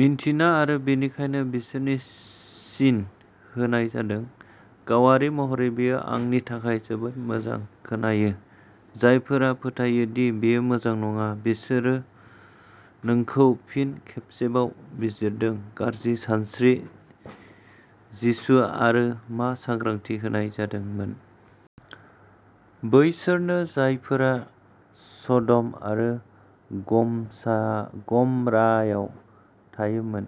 मिन्थिना आरो बेनिखायनो, बिसोरनि सिन होनाय जादों। गावारि महरै बेयो आंनि थाखाय जोबोद मोजां खोनायो। जायफोरा फोथायो दि बेयो मोजां नङा। बिसोरो नोंखौ फिन खेबसेबाव बिजिरदों। गाज्रि सानस्रि जिसु आरो मा सांग्रांथि होनाय जादोंमोन। बैसोरनो जायफोरा सदम आरो गमरायाव थायोमोन।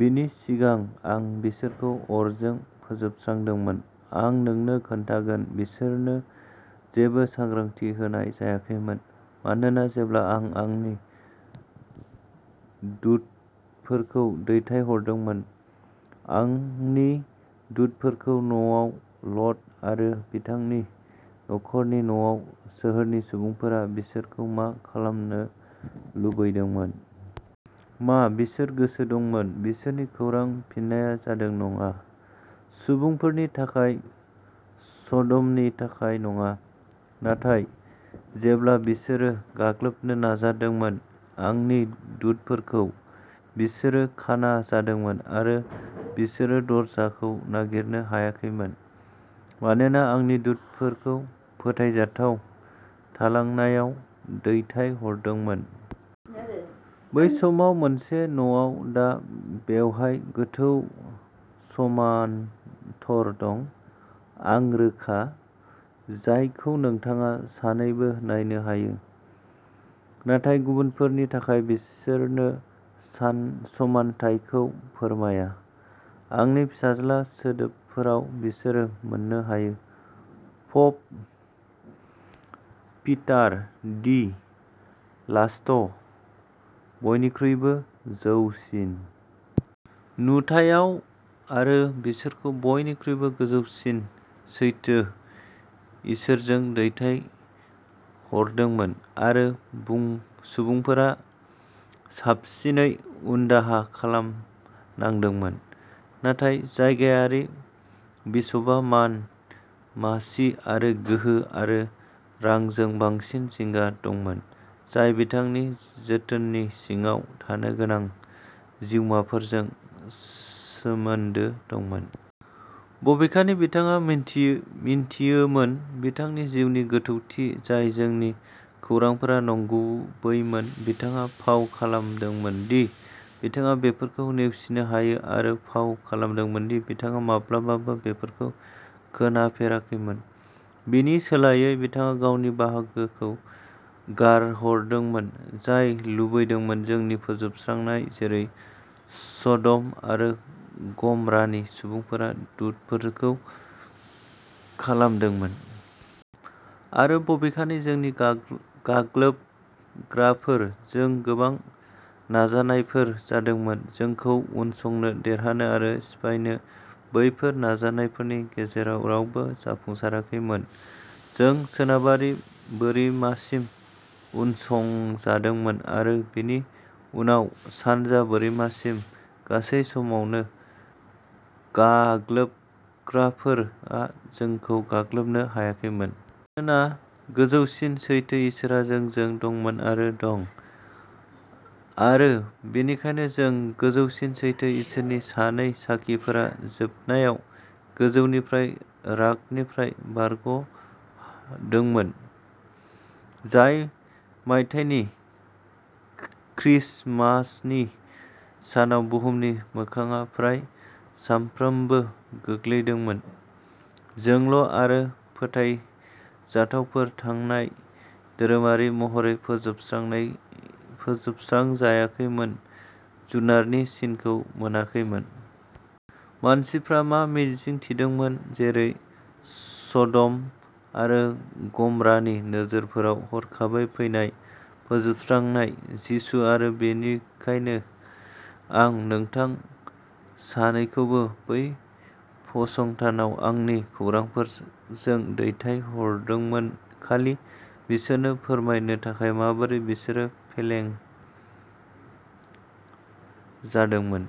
बेनि सिगां आं बिसोरखौ अरजों फोजोबस्रांदोंमोन। आं नोंनो खोन्थागोन बिसोरनो जेबो सांग्रांथि होनाय जायाखैमोन। मानोना जेब्ला आं आंनि दुतफोरखौ दैथायहरदोंमोन। आंनि दुतफोरखौ न'आव लट आरो बिथांनि नखर'नि न'आव सोहोरनि सुबुंफोरा बिसोरखौ मा खालामनो लुबैदोंमोन? मा बिसोर गोसो दंमोन। बिसोरनि खौरां फिननाया जादों नङा। सुबुंफोरनि थाखाय सदमनि थाखाय नङा। नाथाय जेब्ला बिसोरो गाग्लोबनो नाजादोंमोन। आंनि दुतफोरखौ बिसोरो खाना जादोंमोन आरो बिसोरो दरजाखौ नागिरनो हायाखैमोन। मानोना आंनि दुतफोरखौ फोथायजाथाव थालांनायाव दैथायहरदोंमोन। बै समाव मोनसे न'आव दा बेवहाय गोथौ समानटर दं। आं रोखा। जायखौ नोंथाङा सानैबो नायनो हायो। नाथाय गुबुनफोरनि थाखाय बिसोरनो सान समान्थायखौ फोरमाया। आंनि फिसाज्ला सोदोबफोराव बिसोर मोननो हायो। प'प पिटार दि लास्ट बयनिख्रुइबो जौसिन। नुथायाव आरो बिसोरखौ बयनिख्रुइबो गोजौसिन सैथो इसोरजों दैथायहरदोंमोन आरो बुं सुबुंफोरा साबसिनै, उनदाहा खालामनांदोंमोन। नाथाय जायगायारि बिसपआ मान मासि, आरो गोहो आरो रांजों बांसिन जिंगा दंमोन। जाय बिथांनि जोथोननि सिङाव थानो गोनां जिउमाफोरजों सोमोनदो दंमोन। बबेखानि बिथाङा मिनथायो मिनथियोमोन बिथांनि जिउनि गोथौथि जाय जोंनि खौरांफोरा नंगुबैमोन बिथाङा फाव खालामदोंमोन दि बिथाङा बेफोरखौ नेवसिनो हायो आरो फाव खालामदोंमोन दि बिथाङा माब्लाबाबो बेफोरखौ खोनाफेराखैमोन। बेनि सोलायै बिथाङा गावनि बाहागोखौ गारहरदोंमोन। जाय लुबैदोंमोन जोंनि फोजोबस्रांनाय जेरै सदम आरो गमरानि सुबुंफोरा दुतफोरखौ खालामदोंमोन। आरो बबेखानि जोंनि गा गाग्लोबग्राफोर जों गोबां नाजानायफोर जादोंमोन। जोंखौ उनसंनो देरहानो आरो सिफायनो बैफोर नाजानायफोरनि गेजेराव रावबो जाफुंसाराखैमोन। जों सोनाबारि बोरिमासिम उनसंजादोंमोन आरो बेनि उनाव सानजा बोरिमासिम गासै समावनो गाग्लोबग्राफोर आ जोंखौ गाग्लोबनो हायाखैमोन। मानोना गोजौसिन सैथो इसोरआ जोंजों दंमोन आरो दं। आरो बेनिखायनो जों गोजौसिन सैथो इसोरनि सानै साखिफोरा जोबनायाव 'गोजौनिफ्राय रागनिफ्राय बारग'दोंमोन। जाय मायथाइनि क्रिसमासनि सानाव बुहुमनि मोखांआव फ्राय साफ्रोमनोबो गोग्लैदोंमोन। जोंल’ आरो फोथायजाथावफोर थानाय धोरोमारि महरै फोजोबस्रखंनाय फोजोबस्रांजायाखैमोन जुनारनि सिनखौ मोनाखैमोन। मानसिफ्रा मा मिजिंथिदोंमोन! जेरै सडम आरो गमरानि नोगोरफोराव हरखाबै फैनाय फोजोबस्रांनाय जिसु आरो बेनिखायनो आं नोंथां सानैखौबो बै फसंथानआव आंनि खौरांफोरजों दैथायहरदोंमोन खालि बिसोरनो फोरमायनो थाखाय माबोरै बिसोरो फेलें जादोंमोन।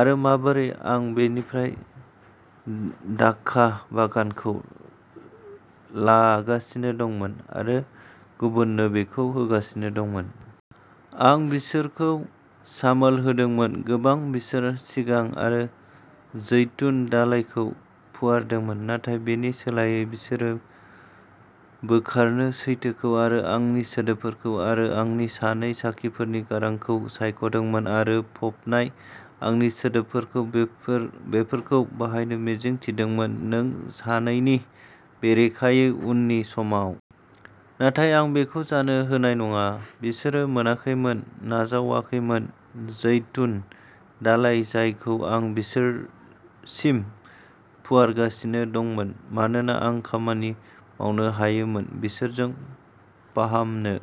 आरो माबोरै आं बेनिफ्राय द्राक्षा बागानखौ लागासिनो दंमोन आरो गुबुननो बेखौ होगासिनो दंमोन। आं बिसोरखौ सामोल होदोंमोन गोबां बोसोर सिगां आरो जैतुन दालाइखौ फुवारदोंमोन। नाथाय बेनि सोलायै बिसोरो बोखारनो सैथोखौ आरो आंनि सोदोबफोरखौ आरो आंनि सानै साखिफोरनि गारां'खौ सायखदोंमोन आरो फबनाय आंनि सोदोबफोरखौ बेफोर बेफोरखौ बाहायनो मिजिं थिदोंमोन नों सानैनि बेरेखायै उननि समाव। नाथाय आं बेखौ जानो होनाय नङा। बिसोरो मोनाखैमोन नाजावाखैमोन जैतुन दालाइ जायखौ आं बिसोरसिम फुवारगासिनो दंमोन। मानोना आं खामानि मावनो हायोमोन। बिसोरजों फाहामनो